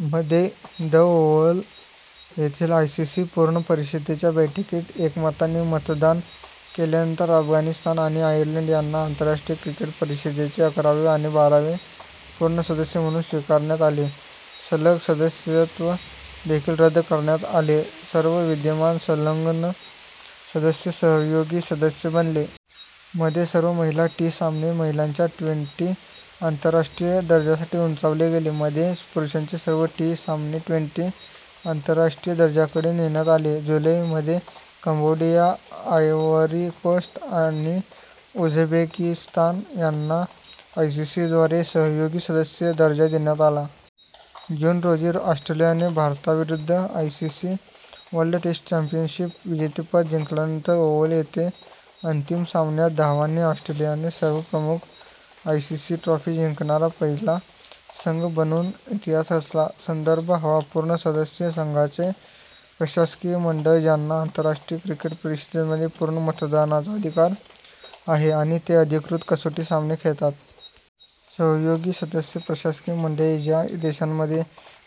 मध्ये, the Oval येथील ICC पूर्ण परिषदेच्या बैठकीत एकमताने मतदान केल्यानंतर अफगाणिस्तान आणि आयर्लंड यांना आंतरराष्ट्रीय क्रिकेट परिषदेचे अकरावे आणि बारावे पूर्ण सदस्य म्हणून स्वीकारण्यात आले. संलग्न सदस्यत्व देखील रद्द करण्यात आले, सर्व विद्यमान संलग्न सदस्य सहयोगी सदस्य बनले. मध्ये, सर्व महिला टी- सामने महिलांच्या ट्वेंटी- आंतरराष्ट्रीय दर्जासाठी उंचावले गेले. मध्ये, पुरुषांचे सर्व टी- सामने ट्वेन्टी- आंतरराष्ट्रीय दर्जाकडे नेण्यात आले. जुलै मध्ये, कंबोडिया, आयव्हरी कोस्ट, आणि उझबेकिस्तान यांना आयसीसीद्वारे सहयोगी सदस्य दर्जा देण्यात आला. जून रोजी, ऑस्ट्रेलियाने भारताविरुद्ध आयसीसी वर्ल्ड टेस्ट चॅम्पियनशिप विजेतेपद जिंकल्यानंतर, ओव्हल येथे अंतिम सामन्यात धावांनी, ऑस्ट्रेलियाने सर्व प्रमुख आयसीसीट्रॉफी जिंकणारा पहिला संघ बनून इतिहास रचला. संदर्भ हवा पूर्ण सदस्य – संघांचे प्रशासकीय मंडळ ज्यांना आंतरराष्ट्रीय क्रिकेट परिषदेमध्ये पूर्ण मतदानाचा अधिकार आहे आणि ते अधिकृत कसोटी सामने खेळतात. सहयोगी सदस्य – प्रशासकीय मंडळे ज्या देशांमध्ये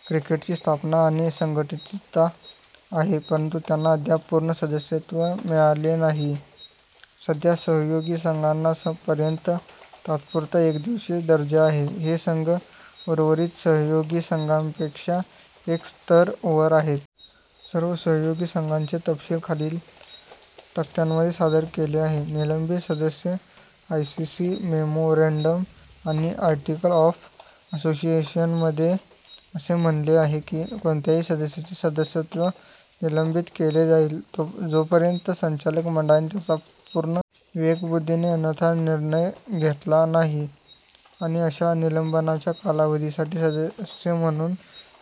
क्रिकेटची स्थापना आणि संघटितता आहे, परंतु त्यांना अद्याप पूर्ण सदस्यत्व मिळालेले नाही. सध्या, सहयोगी संघांना पर्यंत तात्पुरता एकदिवसीय दर्जा आहे. हे संघ उर्वरित सहयोगी संघांपेक्षा एक स्तर वर आहेत. सर्व सहयोगी संघांचे तपशील खालील तक्त्यामध्ये सादर केले आहेत: निलंबित सदस्य – आयसीसी मेमोरँडम आणि आर्टिकल ऑफ असोसिएशनमध्ये असे म्हणले आहे की "कोणत्याही सदस्याचे सदस्यत्व निलंबित केले जाईल, जोपर्यंत संचालक मंडळाने त्याच्या पूर्ण विवेकबुद्धीने अन्यथा निर्णय घेतला नाही, आणि अशा निलंबनाच्या कालावधीसाठी, सदस्य म्हणून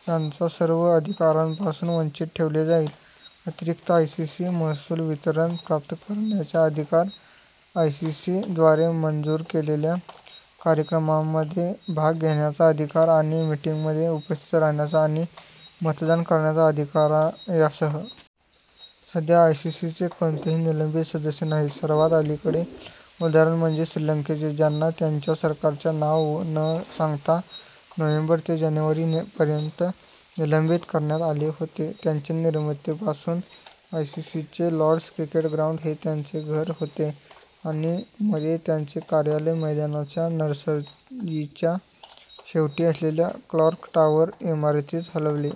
त्याच्या सर्व अधिकारांपासून वंचित ठेवले जाईल, अतिरिक्त आयसीसी महसूल वितरण प्राप्त करण्याचा अधिकार, आयसीसी द्वारे मंजूर केलेल्या कार्यक्रमांमध्ये भाग घेण्याचा अधिकार आणि मीटिंगमध्ये उपस्थित राहण्याचा आणि मतदान करण्याचा अधिकार यासह. सध्या आयसीसीचे कोणतेही निलंबित सदस्य नाहीत, सर्वात अलीकडील उदाहरण म्हणजे श्रीलंकेचे, ज्यांना त्यांच्या सरकारच्या नाव न सांगता नोव्हेंबर ते जानेवारी पर्यंत निलंबित करण्यात आले होते. त्याच्या निर्मितीपासून, आयसीसीचे लॉर्ड्स क्रिकेट ग्राउंड हे त्याचे घर होते आणि मध्ये त्याचे कार्यालय मैदानाच्या नर्सरीच्या शेवटी असलेल्या "क्लॉक टॉवर" इमारतीत हलवले.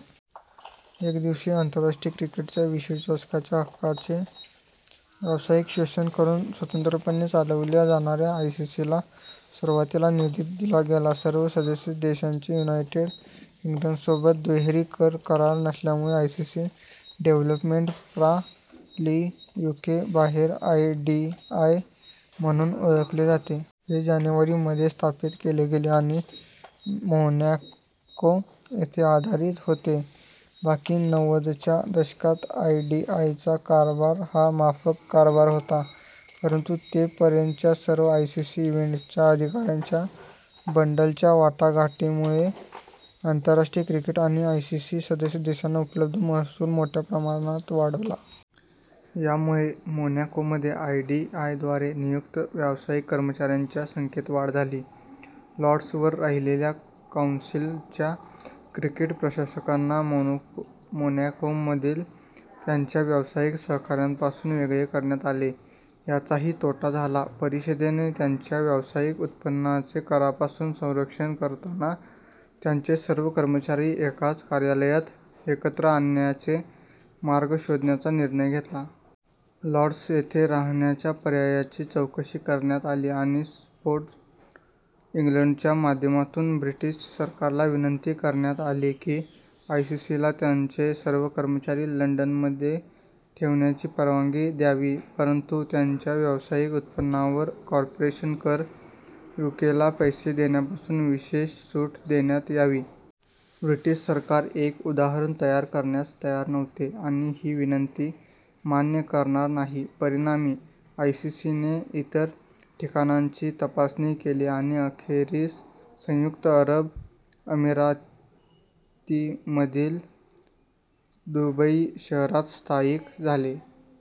एकदिवसीय आंतरराष्ट्रीय क्रिकेटच्या विश्वचषकाच्या हक्कांचे व्यावसायिक शोषण करून स्वतंत्रपणे चालवल्या जाणाऱ्या आयसीसीला सुरुवातीला निधी दिला गेला. सर्व सदस्य देशांचे युनायटेड किंगडमसोबत दुहेरी-कर करार नसल्यामुळे, आयसीसी डेव्हलपमेंट प्रा. लि, यूके बाहेर आयडीआय म्हणून ओळखले जाते. हे जानेवारी मध्ये स्थापित केले गेले आणि मोनॅको येथे आधारित होते. बाकी नव्वदच्या दशकात आयडीआयचा कारभार हा माफक कारभार होता. परंतु ते पर्यंतच्या सर्व आयसीसी इव्हेंट्सच्या अधिकारांच्या बंडलच्या वाटाघाटीमुळे, आंतरराष्ट्रीय क्रिकेट आणि आयसीसी सदस्य देशांना उपलब्ध महसूल मोठ्या प्रमाणात वाढला. यामुळे मोनॅकोमध्ये आयडीआयद्वारे नियुक्त व्यावसायिक कर्मचाऱ्यांच्या संख्येत वाढ झाली. लॉर्ड्सवर राहिलेल्या कौन्सिलच्या क्रिकेट प्रशासकांना मोनॅकोमधील त्यांच्या व्यावसायिक सहकाऱ्यांपासून वेगळे करण्यात आले याचाही तोटा झाला. परिषदेने त्यांच्या व्यावसायिक उत्पन्नाचे करापासून संरक्षण करताना त्यांचे सर्व कर्मचारी एकाच कार्यालयात एकत्र आणण्याचे मार्ग शोधण्याचा निर्णय घेतला. लॉर्ड्स येथे राहण्याच्या पर्यायाची चौकशी करण्यात आली आणि स्पोर्ट इंग्लंडच्या माध्यमातून ब्रिटिश सरकारला विनंती करण्यात आली की, आयसीसीला त्यांचे सर्व कर्मचारी लंडनमध्ये ठेवण्याची परवानगी द्यावी परंतु त्याच्या व्यावसायिक उत्पन्नावर कॉर्पोरेशन कर यूकेला पैसे देण्यापासून विशेष सूट देण्यात यावी. ब्रिटिश सरकार एक उदाहरण तयार करण्यास तयार नव्हते आणि ही विनंती मान्य करणार नाही. परिणामी, आयसीसीने इतर ठिकाणांची तपासणी केली आणि अखेरीस संयुक्त अरब अमिरातीमधील दुबई शहरात स्थायिक झाले.